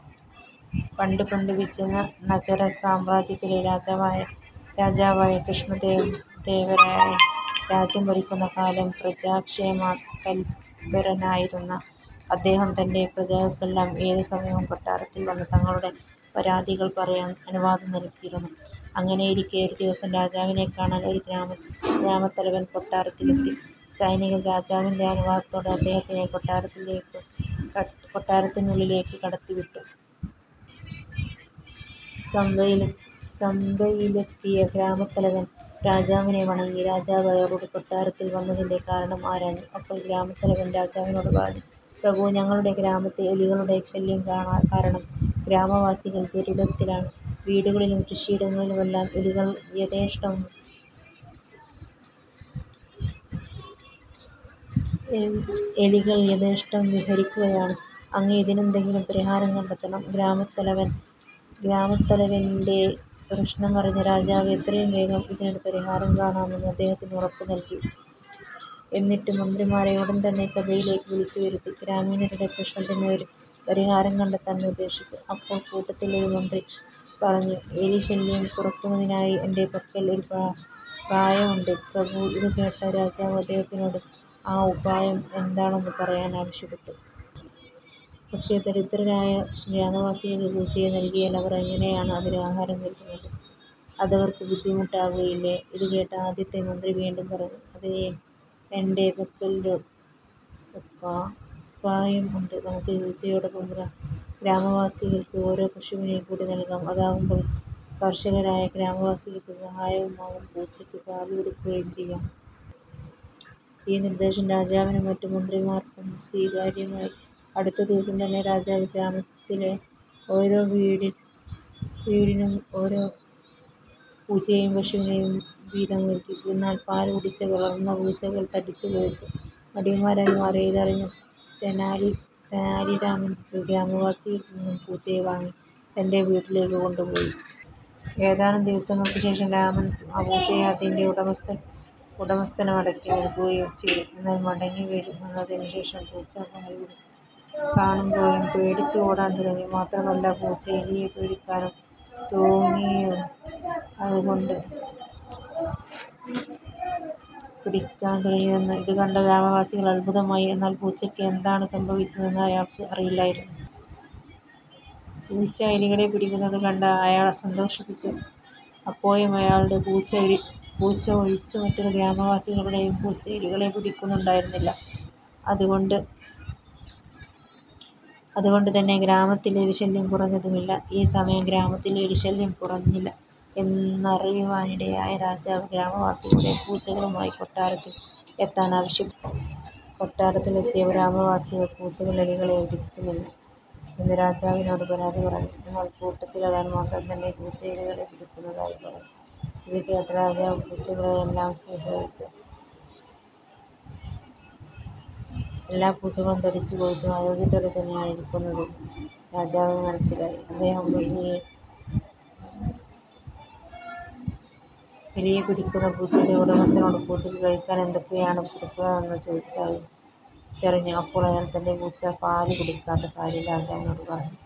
പണ്ടു പണ്ട് വിജയനഗര സാമ്രാജ്യത്തിലെ രാജാവായ കൃഷ്ണദേവരായർ രാജ്യം ഭരിക്കുന്ന കാലം. പ്രജാക്ഷേമ തല്പരനായിരുന്ന അദ്ദേഹം തന്റെ പ്രജകൾക്കെല്ലാം ഏതു സമയവും കൊട്ടാരത്തിൽ വന്നു തങ്ങളുടെ പരാതികൾ പറയാൻ അനുവാദം നൽകിയിരുന്നു. അങ്ങനെയിരിക്കെ ഒരു ദിവസം രാജാവിനെ കാണാൻ ഒരു ഗ്രാമത്തലവൻ കൊട്ടാരത്തിൽ എത്തി. സൈനികർ രാജാവിന്റെ അനുവാദത്തോടെ അദ്ദേഹത്തിനെ കൊട്ടാരത്തിനുള്ളിലേക്കു കടത്തിവിട്ടു. സഭയിലെത്തിയ ഗ്രാമത്തലവൻ രാജാവിനെ വണങ്ങി. രാജാവ് അയാളോട് കൊട്ടാരത്തിൽ വന്നതിന്റെ കാരണം ആരാഞ്ഞു. അപ്പോൾ ഗ്രാമത്തലവൻ രാജാവിനോട് പറഞ്ഞു "പ്രഭു, ഞങ്ങളുടെ ഗ്രാമത്തിൽ എലികളുടെ ശല്യം കാരണം ഗ്രാമവാസികൾ ദുരിതത്തിലാണ്. വീടുകളിലും കൃഷിയിടങ്ങളിലുമെല്ലാം എലികൾ യഥേഷ്ടം വിഹരിക്കുകയാണ്. അങ്ങ് ഇതിനെന്തെങ്കിലും പരിഹാരം കണ്ടെത്തണം. " ഗ്രാമത്തലവന്റെ പ്രശ്നം അറിഞ്ഞ രാജാവ് എത്രയും വേഗം ഇതിനൊരു പരിഹാരം കാണാമെന്ന് അദ്ദേഹത്തിന് ഉറപ്പു നൽകി. എന്നിട്ടു മന്ത്രിമാരെ ഉടൻ തന്നെ സഭയിലേക്കു വിളിച്ചു വരുത്തി. ഗ്രാമീണരുടെ പ്രശ്നത്തിനു ഒരു പരിഹാരം കണ്ടെത്താൻ നിർദ്ദേശിച്ചു. അപ്പോൾ കൂട്ടത്തിൽ ഒരു മന്ത്രി പറഞ്ഞു "എലി ശല്യം കുറയ്ക്കുന്നതിനായി എന്റെ പക്കൽ ഒരു ഉപായം ഉണ്ട് പ്രഭു. " ഇതു കേട്ട രാജാവ് അദ്ദേഹത്തിനോട് ആ ഉപായം എന്താണെന്നു പറയാൻ ആവശ്യപ്പെട്ടു. പക്ഷെ ദരിദ്രരായ ഗ്രാമവാസികൾക്ക് പൂച്ചയെ നൽകിയാൽ അവർ എങ്ങനെയാണ് അതിനു ആഹാരം നൽകുന്നത്? അതവർക്കു ബുദ്ധിമുട്ട് ആകുകയില്ലേ? " ഇതുകേട്ട ആദ്യത്തെ മന്ത്രി വീണ്ടും പറഞ്ഞു "അതിനും എന്റെ പക്കൽ ഒരു ഉപായം ഉണ്ട്. നമുക്ക് പൂച്ചയോടൊപ്പം ഗ്രാമവാസികൾക്ക് ഓരോ പശുവിനെ കൂടി നൽകാം. അതാകുമ്പോൾ കർഷകരായ ഗ്രാമവാസികൾക്ക് സഹായവുമാകും പൂച്ചയ്ക്ക് പാൽ കൊടുക്കുകയും ചെയ്യാം. " ഈ നിർദ്ദേശം രാജാവിനും മറ്റു മന്ത്രിമാർക്കും സ്വീകാര്യമായി. അടുത്ത ദിവസം തന്നെ രാജാവ് ഗ്രാമത്തിലെ ഓരോ വീടിനും ഓരോ പൂച്ചയേയും പശുവിനെയും വീതം നൽകി. എന്നാൽ പാൽ കുടിച്ചു വളർന്ന പൂച്ചകൾ തടിച്ചു കൊഴുത്തു മടിയന്മാരായി മാറി. ഇതറിഞ്ഞ തെനാലിരാമൻ ഒരു ഗ്രാമവാസിയിൽ നിന്നും പൂച്ചയെ വാങ്ങി തന്റെ വീട്ടിലേക്കു കൊണ്ടുപോയി. ഏതാനും ദിവസങ്ങൾക്കു ശേഷം രാമൻ ആ പൂച്ചയെ അതിന്റെ ഉടമസ്ഥന് മടക്കി നൽകുകയും ചെയ്തു. എന്നാൽ മടങ്ങി വന്നതിനു ശേഷം പൂച്ച പാൽ കാണുമ്പോഴേ പേടിച്ചു ഓടാൻ തുടങ്ങി. മാത്രമല്ല പൂച്ച എലിയെ പിടിക്കാനും തുടങ്ങിയിരുന്നു. ഇതുകണ്ട ഗ്രാമവാസിക്ക് അത്ഭുതമായി. എന്നാൽ പൂച്ചയ്ക്ക് എന്താണ് സംഭവിച്ചതെന്ന് അയാൾക്ക് അറിയില്ലായിരുന്നു. പൂച്ച എലികളെ പിടിക്കുന്നത് കണ്ട അയാൾ സന്തോഷിച്ചു. അപ്പോഴും അയാളുടെ പൂച്ച ഒഴിച്ചു മറ്റൊരു ഗ്രാമവാസികളുടെയും പൂച്ച എലികളെ പിടിക്കുന്നുണ്ടായിരുന്നില്ല. അതുകൊണ്ടു തന്നെ ഗ്രാമത്തിൽ എലി ശല്യം കുറഞ്ഞതുമില്ല. ഈ സമയം ഗ്രാമത്തിൽ എലി ശല്യം കുറഞ്ഞില്ല എന്നറിയുവാനിടയായ രാജാവ് ഗ്രാമവാസികളോട് പൂച്ചകളുമായി കൊട്ടാരത്തിൽ എത്താൻ ആവശ്യപ്പെട്ടു. കൊട്ടാരത്തിൽ എത്തിയ ഗ്രാമവാസികൾ പൂച്ചകൾ എലികളെ പിടിക്കുന്നില്ല എന്ന് രാജാവിനോട് പരാതി പറഞ്ഞു. എന്നാൽ കൂട്ടത്തിൽ ഒരാൾ മാത്രം തന്റെ പൂച്ച എലികളെ പിടിക്കുന്നതായി പറഞ്ഞു. ഇതുകേട്ട രാജാവ് പൂച്ചകളെയെല്ലാം പരിശോധിച്ചു. എല്ലാ പൂച്ചകളും തടിച്ചു കൊഴുത്തു ആരോഗ്യത്തോടെ തന്നെയാണ് ഇരിക്കുന്നതെന്നു രാജാവിന് മനസിലായി. അദ്ദേഹം എലിയെ പിടിക്കുന്ന പൂച്ചയുടെ ഉടമസ്ഥനോട് പൂച്ചക്ക് കഴിക്കാൻ എന്തൊക്കെയാണ് കൊടുക്കുന്നതെന്നു ചോദിച്ചറിഞ്ഞു. അപ്പോൾ അയാൾ തന്റെ പൂച്ച പാൽ കുടിക്കാത്ത കാര്യം രാജാവിനോട് പറഞ്ഞു.